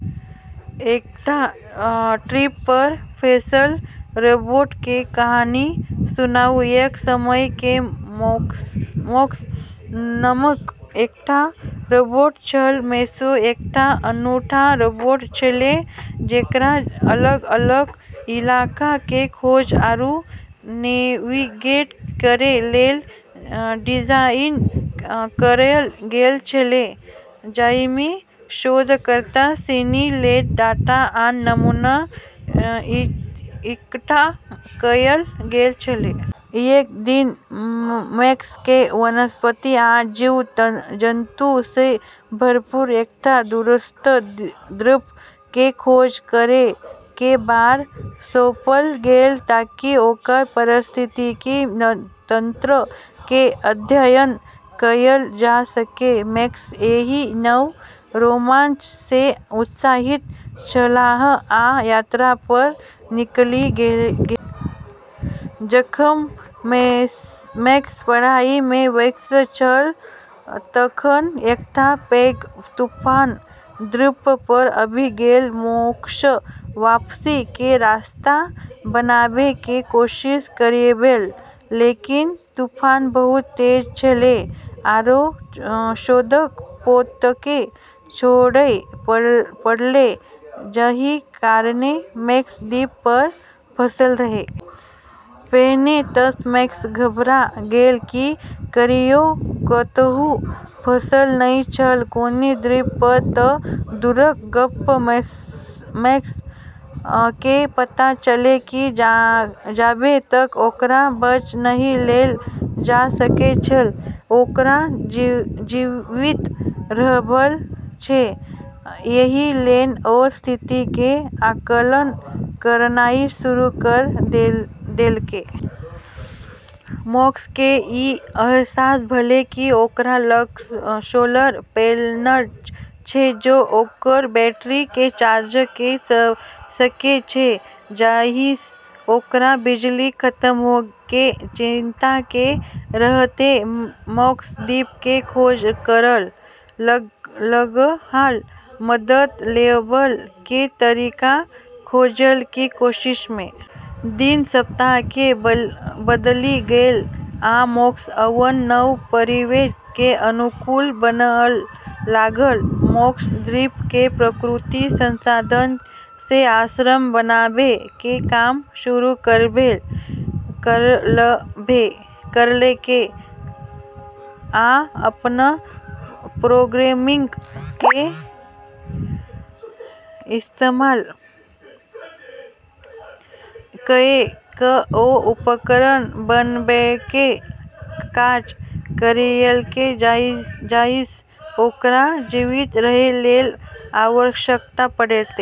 एकटा द्वीप पर फँसल रोबोट के कहानी सुनाउ। एक समय में मैक्स नामक एकटा रोबोट छल। मैक्स एकटा अनूठा रोबोट छेलै, जेकरा अलग-अलग इलाका के खोज आरू नेविगेट करै लेल डिजाइन कयल गेल छलै, जाहिमे शोधकर्ता सिनी लेल डाटा आ नमूना इकट्ठा कयल गेल छलै। एक दिन मैक्स केँ वनस्पति आ जीव-जन्तु सँ भरपूर एकटा दूरस्थ द्वीप के खोज करै के भार सौंपल गेलै, ताकि ओकर पारिस्थितिकी तंत्र के अध्ययन कयल जा सकै। मैक्स एहि नव रोमांच सँ उत्साहित छलाह आ यात्रा पर निकलि गेलाह। जखन मैक्स पढ़ाई में व्यस्त छल तखन एकटा पैघ तूफान द्वीप पर आबि गेल। मैक्स वापसी के रास्ता बनाबै के कोशिश कयलकै, लेकिन तूफान बहुत तेज छलै, आरो शोधक पोतकेँ छोड़य पड़लै, जाहि कारणे मैक्स द्वीप पर फंसल रहै। पहिने तऽ मैक्स घबरा गेल। ई कहियो कतहु फँसल नहि छल, कोनो द्वीप पर तऽ दूरक गप्प। मैक्स केँ पता छलै कि जाबे तक ओकरा बचा नहि लेल जा सकै छै, ओकरा जीवित रहबाक छै, एहि लेल ओ स्थिति के आकलन करनाइ शुरू क' देलकै। मैक्स केँ ई अहसास भेलै कि ओकरा लग सोलर पैनल छै जे ओकर बैटरी केँ रिचार्ज क' सकै छै, जाहिसँ ओकरा बिजली खत्म होय के चिंता नै रहतै। मैक्स द्वीप के खोज करय लगलाह, मदद लेबय के तरीका खोजय के कोशिश में। दिन सप्ताह में बदलि गेल, आ मैक्स अपन नव परिवेश के अनुकूल बनय लागल। मैक्स द्वीप के प्राकृतिक संसाधन सँ आश्रय बनाबै के काम शुरू करलकै आ अपन प्रोग्रामिंग के इस्तेमाल कए कऽ ओ उपकरण बनबैके काज कयलकै जाहिसँ ओकरा जीवित रहै लेल आवश्यकता पड़तै।